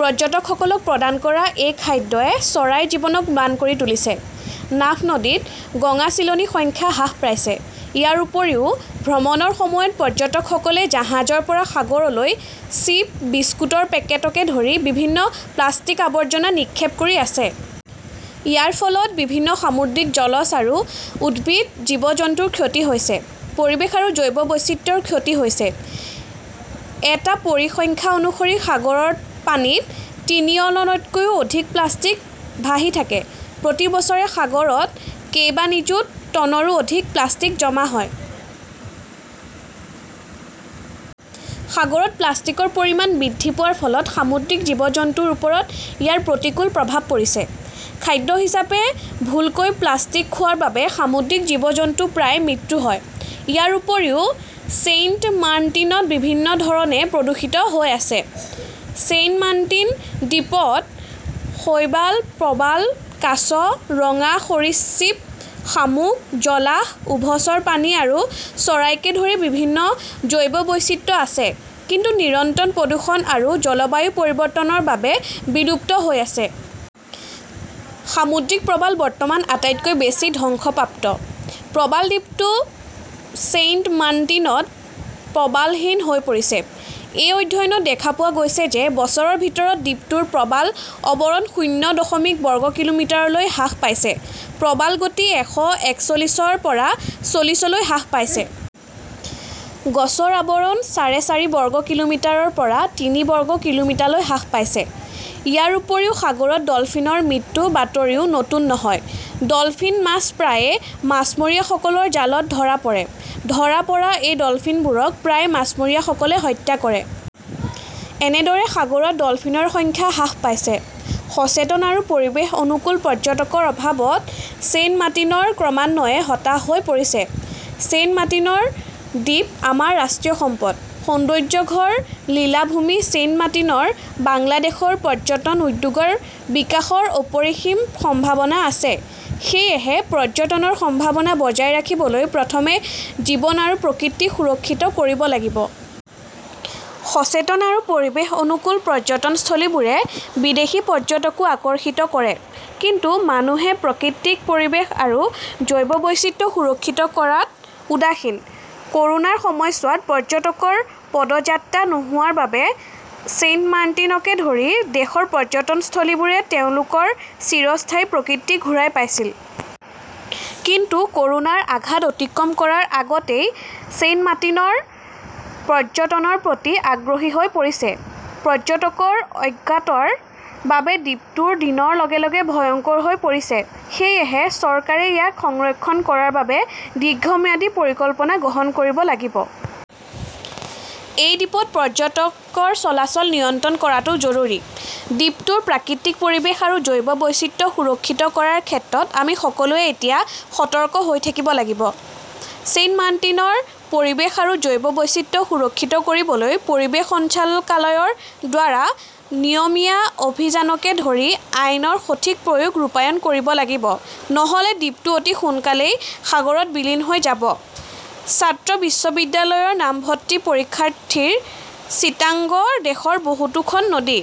পৰ্যটকসকলক প্ৰদান কৰা এই খাদ্যই চৰাইৰ জীৱনক ম্লান কৰি তুলিছে, নাফ নদীত গঙাচিলনী সংখ্যা হ্ৰাস পাইছে। ইয়াৰ উপৰিও ভ্ৰমণৰ সময়ত পৰ্যটকসকলে জাহাজৰ পৰা সাগৰলৈ চিপ, বিস্কুটৰ পেকেটকে ধৰি বিভিন্ন প্লাষ্টিকৰ আৱৰ্জনা নিক্ষেপ কৰি আছে। ইয়াৰ ফলত বিভিন্ন সামুদ্ৰিক জলজ আৰু উদ্ভিদ জীৱ-জন্তুৰ ক্ষতি হৈছে। পৰিৱেশ আৰু জৈৱ বৈচিত্ৰ্যৰ ক্ষতি হৈছে। এটা পৰিসংখ্যা অনুসৰি সাগৰৰ পানীত ট্ৰিলিয়নতকৈও অধিক প্লাষ্টিক ভাহি থাকে। প্ৰতি বছৰে সাগৰত কেইবা নিযুত টনৰো অধিক প্লাষ্টিক জমা হয়। সাগৰত প্লাষ্টিকৰ পৰিমাণ বৃদ্ধি পোৱাৰ ফলত সামুদ্ৰিক জীৱ-জন্তুৰ ওপৰত ইয়াৰ প্ৰতিকূল প্ৰভাৱ পৰিছে। খাদ্য হিচাপে ভুলকৈ প্লাষ্টিক খোৱাৰ বাবে সামুদ্ৰিক জীৱ-জন্তুৰ প্ৰায়ে মৃত্যু হয়। ইয়াৰ উপৰিও ছেইণ্টমাৰ্টিনত বিভিন্ন ধৰণে প্ৰদূষিত হৈ আছে। ছেইণ্টমাৰ্টিন দ্বীপত শৈবাল, প্ৰবাল, কাছ, ৰঙা সৰীসৃপ, শামুক, জলাহ, উভচৰ প্ৰাণী আৰু চৰাইকে ধৰি বিভিন্ন জৈৱ বৈচিত্ৰ্য আছে, কিন্তু নিৰন্তৰ প্ৰদূষণ আৰু জলবায়ু পৰিৱৰ্তনৰ বাবে বিলুপ্ত হৈ আছে। সামুদ্ৰিক প্ৰবাল বৰ্তমান আটাইতকৈ বেছি ধ্বংসপ্ৰাপ্ত। প্ৰবাল দ্বীপটো ছেইণ্টমাৰ্টিনত প্ৰবালহীন হৈ পৰিছে। এটা অধ্যয়নত দেখা গৈছে যে বছৰৰ ভিতৰত দ্বীপটোৰ প্ৰবাল আৱৰণ শূন্য দশমিক বৰ্গ কিলোমিটাৰলৈ হ্ৰাস পাইছে। প্ৰবাল প্ৰতি এশএকচল্লিছ ৰ পৰা চল্লিছলৈ হ্ৰাস পাইছে। গছৰ আৱৰণ চাৰে চাৰি বৰ্গ কিলোমিটাৰৰ পৰা তিনি বৰ্গ কিলোমিটাৰলৈ হ্ৰাস পাইছে। ইয়াৰ উপৰিও সাগৰত ডলফিনৰ মৃত্যুৰ বাতৰিও নতুন নহয়। ডলফিন মাছ প্ৰায়ে মাছমৰীয়াসকলৰ জালত ধৰা পৰে। ধৰা পৰা এই ডলফিনবোৰক প্ৰায়ে মাছমৰীয়াসকলে হত্যা কৰে। এইদৰে সাগৰত ডলফিনৰ সংখ্যা হ্ৰাস পাইছে। সচেতন আৰু পৰিৱেশ-অনুকূল পৰ্যটকৰ অভাৱত ছেইণ্টমাৰ্টিন ক্ৰমান্বয়ে হতাশ হৈ পৰিছে। ছেইণ্টমাৰ্টিন দ্বীপ আমাৰ ৰাষ্ট্ৰীয় সম্পদ। সৌন্দৰ্য্যঘৰ লীলাভূমি ছেইণ্টমাৰ্টিনত বাংলাদেশৰ পৰ্যটন উদ্যোগৰ বিকাশৰ অপৰিসীম সম্ভাৱনা আছে। সেয়েহে পৰ্যটনৰ সম্ভাৱনা বজাই ৰাখিবলৈ প্ৰথমে জীৱন আৰু প্ৰকৃতি সুৰক্ষিত কৰিব লাগিব। সচেতন আৰু পৰিৱেশ-অনুকূল পৰ্যটনস্থলীবোৰে বিদেশী পৰ্যটককো আকৰ্ষিত কৰে, কিন্তু মানুহে প্ৰাকৃতিক পৰিৱেশ আৰু জৈৱ বৈচিত্ৰ্য সুৰক্ষিত কৰাত উদাসীন । ক'ৰোনাৰ সময়ছোৱাত পৰ্যটকৰ পদযাত্ৰা নোহোৱাৰ বাবে ছেইণ্টমাৰ্টিনকে ধৰি দেশৰ পৰ্যটনস্থলীবোৰে তেওঁলোকৰ চিৰস্থায়ী প্ৰকৃতি ঘূৰাই পাইছিল। কিন্তু ক'ৰোনাৰ আঘাত অতিক্ৰম কৰাৰ আগতেই ছেইণ্টমাৰ্টিন পৰ্যটনৰ প্ৰতি আগ্ৰহী হৈ পৰিছে। পৰ্যটকৰ অজ্ঞতাৰ বাবে দ্বীপটো দিনৰ লগে লগে ভয়ংকৰ হৈ পৰিছে। সেয়েহে চৰকাৰে ইয়াক সংৰক্ষণ কৰাৰ বাবে দীৰ্ঘম্যাদী পৰিকল্পনা গ্ৰহণ কৰিব লাগিব। এই দ্বীপত পৰ্যটকৰ চলাচল নিয়ন্ত্ৰণ কৰাটো জৰুৰী। দ্বীপটোৰ প্ৰাকৃতিক পৰিৱেশ আৰু জৈৱ বৈচিত্ৰ্য সুৰক্ষিত কৰাৰ ক্ষেত্ৰত আমি সকলোৱে এতিয়া সতৰ্ক হৈ থাকিব লাগিব। ছেইণ্টমাৰ্টিনৰ পৰিৱেশ আৰু জৈৱ বৈচিত্ৰ্য সুৰক্ষিত কৰিবলৈ পৰিৱেশ সঞ্চালকালয়ৰ দ্বাৰা নিয়মীয়া অভিযানকে ধৰি আইনৰ সঠিক প্ৰয়োগ ৰূপায়ণ কৰিব লাগিব, নহ'লে দ্বীপটো অতি সোনকালেই সাগৰত বিলীন হৈ যাব। ছাত্ৰ, বিশ্ববিদ্যালয়ৰ নামভৰ্তি পৰীক্ষাৰ্থী, চিটাগং দেশৰ বহুতো খন নদী